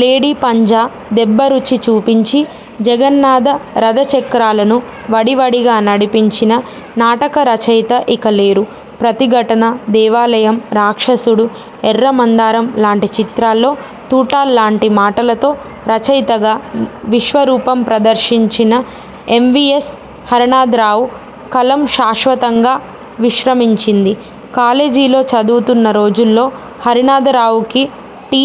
లేడి పంజా' దెబ్బ రుచి చూపించి, 'జగన్నాథ రథ చక్రాల'ను వడివడిగా నడిపించిన నాటక రచయిత ఇక లేరు. 'ప్రతిఘటన', 'దేవాలయం', 'రాక్షసుడు', 'ఎర్ర మందారం' లాంటి చిత్రాల్లో తూటాల్లాంటి మాటలతో రచయితగా విశ్వరూపం ప్రదర్శించిన ఎంవీఎస్ హరనాథరావు కలం శాశ్వతంగా విశ్రమించింది. కాలేజీలో చదువుతున్న రోజుల్లో హరనాథరావుకి టి.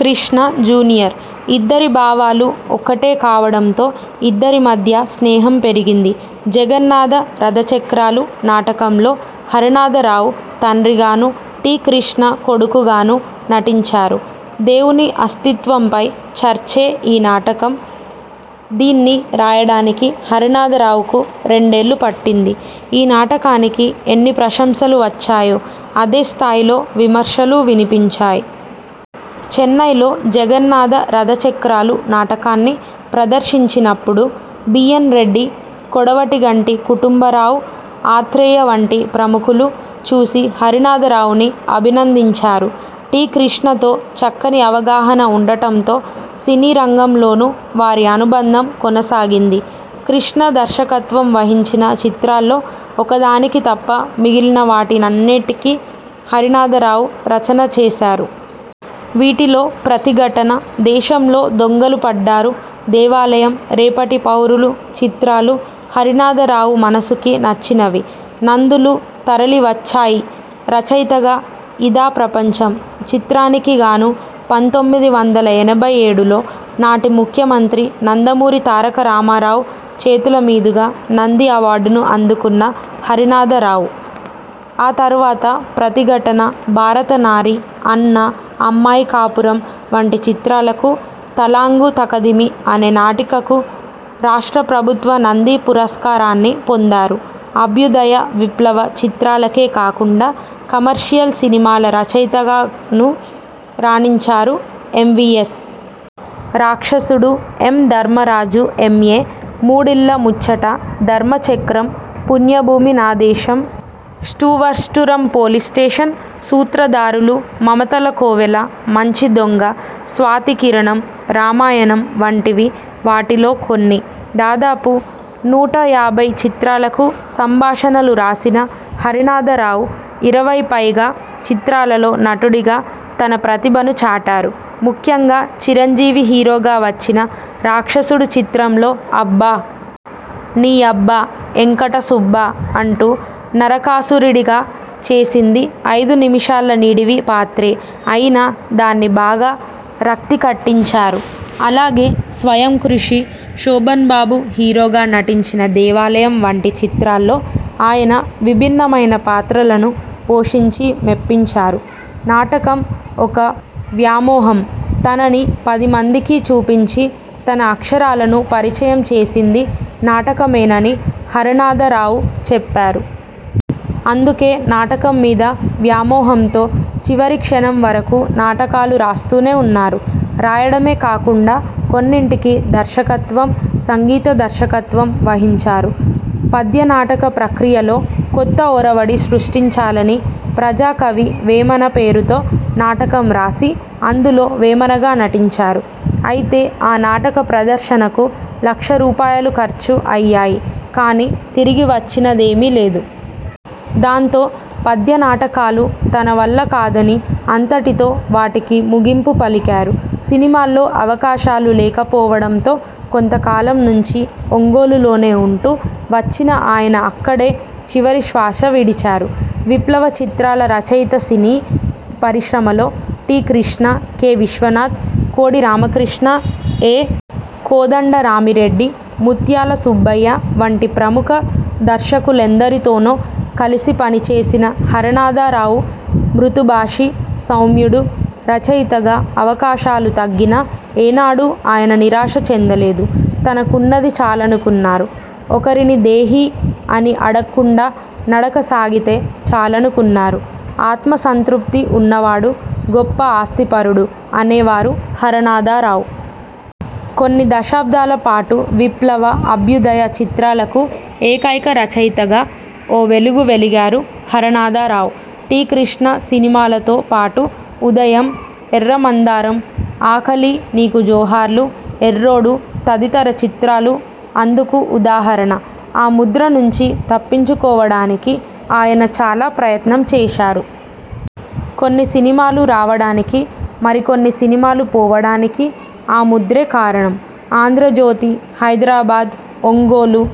కృష్ణ జూనియర్. ఇద్దరి భావాలూ ఒక్కటే కావడంతో ఇద్దరి మధ్యా స్నేహం పెరిగింది. 'జగన్నాథ రథచక్రాలు' నాటకంలో హరనాథరావు తండ్రిగానూ, టి. కృష్ణ కొడుకుగానూ నటించారు. దేవుని అస్తిత్వంపై చర్చే ఈ నాటకం. దీన్ని రాయడానికి హరనాథరావుకు రెండేళ్లు పట్టింది. ఈ నాటకానికి ఎన్ని ప్రశంసలు వచ్చాయో, అదే స్థాయిలో విమర్శలూ వినిపించాయి. చెన్నైలో 'జగన్నాథ రథచక్రాలు' నాటకాన్ని ప్రదర్శించినప్పుడు బి. ఎన్. రెడ్డి, కొడవటిగంటి కుటుంబరావు, ఆత్రేయ వంటి ప్రముఖులు చూసి హరనాథరావుని అభినందించారు. టి. కృష్ణతో చక్కని అవగాహన ఉండటంతో సినీరంగంలోనూ వారి అనుబంధం కొనసాగింది. కృష్ణ దర్శకత్వం వహించిన చిత్రాల్లో ఒకదానికి తప్ప మిగిలిన వాటన్నింటికీ హరనాథరావు రచన చేశారు. వీటిలో 'ప్రతిఘటన', 'దేశంలో దొంగలు పడ్డారు', 'దేవాలయం', 'రేపటి పౌరులు' చిత్రాలు హరనాథరావు మనసుకి నచ్చినవి. నందులు తరలి వచ్చాయిరచయితగా 'ఇదా ప్రపంచం' చిత్రానికిగాను పంతొమ్మిది వందల ఎనభై ఏడులో నాటి ముఖ్యమంత్రి నందమూరి తారకరామారావు చేతుల మీదుగా నంది అవార్డును అందుకున్న హరనాథరావు, ఆ తర్వాత 'ప్రతిఘటన', 'భారతనారి', 'అన్న', 'అమ్మాయి కాపురం' వంటి చిత్రాలకు, 'తళాంగు తకధిమి' అనే నాటికకు రాష్ట్రప్రభుత్వ నంది పురస్కారాన్ని పొందారు అభ్యుదయ, విప్లవ చిత్రాలకే కాకుండా కమర్షియల్ సినిమాల రచయితగానూ రాణించారు ఎంవీయస్. 'రాక్షసుడు', 'యం ధర్మరాజు ఎంఏ', 'మూడిళ్ల ముచ్చట', 'ధర్మచక్రం', 'పుణ్యభూమి నా దేశం', 'స్టూవర్ట్పురం పోలీస్ స్టేషన్', 'సూత్రధారులు', 'మమతల కోవెల', 'మంచి దొంగ', 'స్వాతి కిరణం', 'రామాయణం' వంటివి వాటిలో కొన్ని. దాదాపు నూట యాభై చిత్రాలకు సంభాషణలు రాసిన హరనాథరావు ఇరవై పైగా చిత్రాలలో నటుడిగా తన ప్రతిభను చాటారు ముఖ్యంగా చిరంజీవి హీరోగా వచ్చిన 'రాక్షసుడు' చిత్రంలో 'అబ్బా! నీ యబ్బా ఎంకట సుబ్బా! ' అంటూ నరకాసురుడిగా చేసింది ఐదు నిముషాల నిడివి పాత్రే అయినా దాన్ని బాగా రక్తి కట్టించారు. అలాగే 'స్వయంకృషి', శోభన్ బాబు హీరోగా నటించిన 'దేవాలయం' వంటి చిత్రాల్లో ఆయన విభిన్నమైన పాత్రలను పోషించి మెప్పించారు. నాటకం ఒక వ్యామోహంతనని పదిమందికీ చూపించి, తన అక్షరాలను పరిచయం చేసింది నాటకమేనని హరనాథరావు చెప్పేవారు. అందుకే నాటకం మీద వ్యామోహంతో చివరి క్షణం వరకూ నాటకాలు రాస్తూనే ఉన్నారు. రాయడమే కాకుండా కొన్నింటికి దర్శకత్వం, సంగీత దర్శకత్వం వహించారు. పద్యనాటక ప్రక్రియలో కొత్త ఒరవడి సృష్టించాలని 'ప్రజాకవి వేమన' పేరుతో నాటకం రాసి, అందులో వేమనగా నటించారు. అయితే ఆ నాటక ప్రదర్శనకు లక్ష రూపాయలు ఖర్చు అయ్యాయి కానీ తిరిగి వచ్చినదేమీ లేదు. దాంతో పద్య నాటకాలు తన వల్ల కాదని అంతటితో వాటికి ముగింపు పలికారు. సినిమాల్లో అవకాశాలు లేకపోవడంతో కొంత కాలం నుంచీ ఒంగోలులోనే ఉంటూ వచ్చిన ఆయన అక్కడే చివరి శ్వాస విడిచారు. విప్లవ చిత్రాల రచయితసినీ పరిశ్రమలో టి. కృష్ణ, కె. విశ్వనాథ్, కోడి రామకృష్ణ, ఎ. కోదండరామిరెడ్డి, ముత్యాల సుబ్బయ్య వంటి ప్రముఖ దర్శకులెందరితోనో కలిసి పనిచేసిన హరనాథరావు మృదుభాషి, సౌమ్యుడు. రచయితగా అవకాశాలు తగ్గినా ఏనాడూ ఆయన నిరాశ చెందలేదు. తనకున్నది చాలనుకున్నారు. ఒకరిని దేహీ అని అడక్కుండా నడక సాగితే చాలనుకున్నారు. 'ఆత్మసంతృప్తి ఉన్నవాడు గొప్ప ఆస్తిపరుడు' అనేవారు హరనాథరావు. కొన్ని దశాబ్దాల పాటు విప్లవ, అభ్యుదయ చిత్రాలకు ఏకైక రచయితగా ఓ వెలుగు వెలిగారు హరనాథరావు. టి. కృష్ణ సినిమాలతో పాటు 'ఉదయం', 'ఎర్ర మందారం', 'ఆకలీ నీకు జోహార్లు', 'ఎర్రోడు' తదితర చిత్రాలు అందుకు ఉదాహరణ. ఆ ముద్ర నుంచి తప్పించుకోవడానికి ఆయన చాలా ప్రయత్నం చేశారు. కొన్ని సినిమాలు రావడానికీ, మరి కొన్ని సినిమాలు పోవడానికీ ఆ ముద్రే కారణం. ఆంధ్రజ్యోతి, హైదరాబాద్, ఒంగోలు